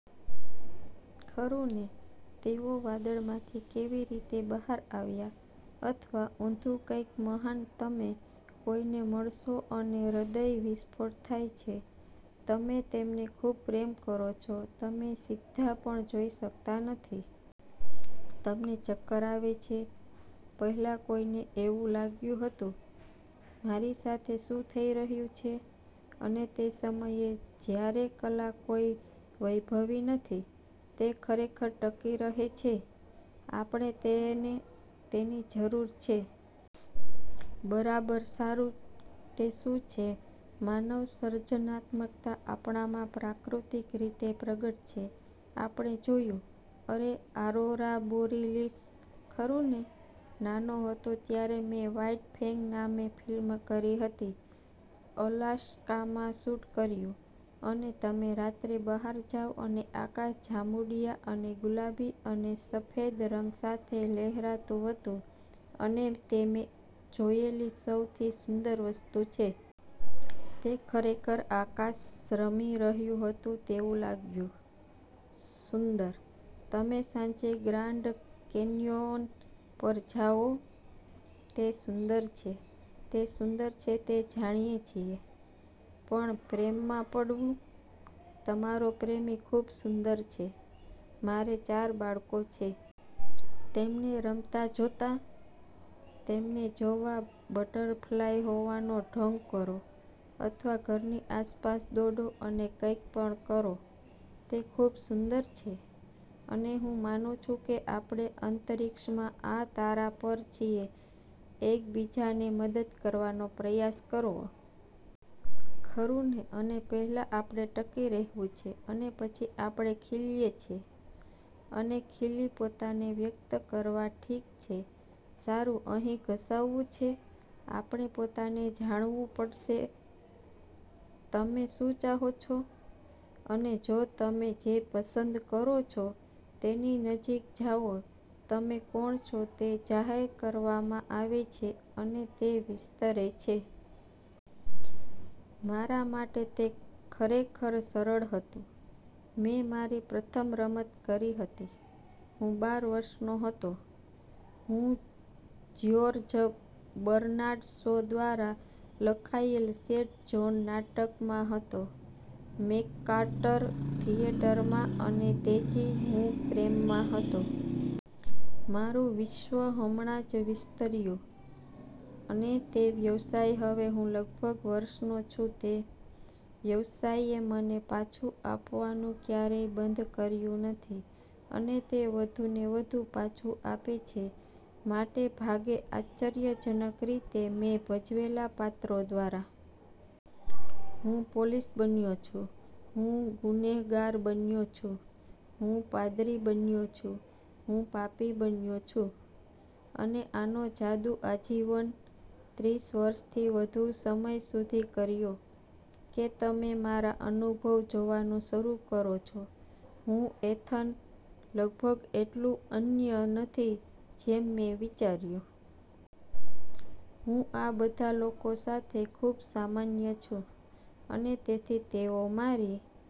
ખરું ને? તેઓ વાદળમાંથી કેવી રીતે બહાર આવ્યા? " અથવા ઊંધુ કંઈક મહાન. તમે કોઈને મળશો અને હૃદય વિસ્ફોટ થાય છે. તમે તેમને ખૂબ પ્રેમ કરો છો, તમે સીધા પણ જોઈ શકતા નથી. તમને ચક્કર આવે છે. "પહેલાં કોઈને એવું લાગ્યું હતું? મારી સાથે શું થઈ રહ્યું છે? " અને તે સમયે જ્યારે કલા કોઈ વૈભવી નથી, તે ખરેખર ટકી રહે છે. આપણને તેની જરૂર છે. બરાબર. સારું, તે શું છે? માનવ સર્જનાત્મકતા આપણામાં પ્રાકૃતિક રીતે પ્રગટ છે. આપણે જોયું, અરે... ઓરોરા બોરીલીસ. ખરું ને? નાનો હતો ત્યારે મેં વ્હાઇટ ફેંગ નામે ફિલ્મ કરી હતી, અલાસ્કામાં શૂટ કર્યું, અને તમે રાત્રે બહાર જાવ અને આકાશ જાંબુડિયા અને ગુલાબી અને સફેદ રંગ સાથે લહેરાતું હતું, અને તે મેં જોયેલી સૌથી સુંદર વસ્તુ છે. તે ખરેખર આકાશ રમી રહ્યું હતું તેવું લાગ્યું. સુંદર. તમે સાંજે ગ્રાન્ડ કેન્યોન પર જાઓ. તે સુંદર છે. તે સુંદર છે તે જાણીએ છીએ. પણ પ્રેમમાં પડવું? તમારો પ્રેમી ખૂબ સુંદર છે. મારે ચાર બાળકો છે. તેમને રમતા જોતા? તેમને જોવા બટરફ્લાય હોવાનો ઢોંગ કરો અથવા ઘરની આસપાસ દોડો અને કંઈ પણ કરો, તે ખુબ સુંદર છે. અને હું માનું છું કે આપણે અંતરિક્ષમાં આ તારા પર છીએ એક બીજાને મદદ કરવાનો પ્રયાસ કરવો. ખરું ને? અને પહેલા આપણે ટકી રહેવું છે, અને પછી આપણે ખીલીએ છે. અને ખીલી, પોતાને વ્યક્ત કરવા, ઠીક છે, સારું, અહીં ઘસાવું છે: આપણે પોતાને જાણવું પડશે. તમે શું ચાહો છો? અને જો તમે જે પસંદ કરો છો તેની નજીક જાઓ, તમે કોણ છો તે જાહેર કરવામાં આવે છે, અને તે વિસ્તરે છે. મારા માટે, તે ખરેખર સરળ હતું. મેં મારી પ્રથમ રમત કરી હતી. હું બાર વર્ષનો હતો. હું જ્યોર્જ બર્નાર્ડ શો દ્વારા લખાયેલ સેંટ જોન નાટકમાં હતો મેકકાર્ટર થિયેટરમાં, અને તેજી! હું પ્રેમમાં હતો. મારું વિશ્વ હમણાં જ વિસ્તર્યું. અને તે વ્યવસાય હવે હું લગભગ વર્ષનો છું તે વ્યવસાયે મને પાછું આપવાનું ક્યારેય બંધ કર્યું નથી, અને તે વધુને વધુ પાછું આપે છે, મોટે ભાગે, આશ્ચર્યજનક રીતે, મેં ભજવેલા પાત્રો દ્વારા. હું પોલીસ બન્યો છુ, હું ગુનેહગાર બન્યો છુ. હું પાદરી બન્યો છુ, હું પાપી બન્યો છુ. અને આનો જાદુ આજીવન, ત્રીસ વર્ષથી વધુ સમય સુધી કર્યો, કે તમે મારા અનુભવ જોવાનું શરુ કરો છો, હું, એથન, લગભગ એટલું અનન્ય નથી જેમ મેં વિચાર્યું. હું આ બધા લોકો સાથે ખૂબ સામાન્ય છું. અને તેથી તેઓ મારી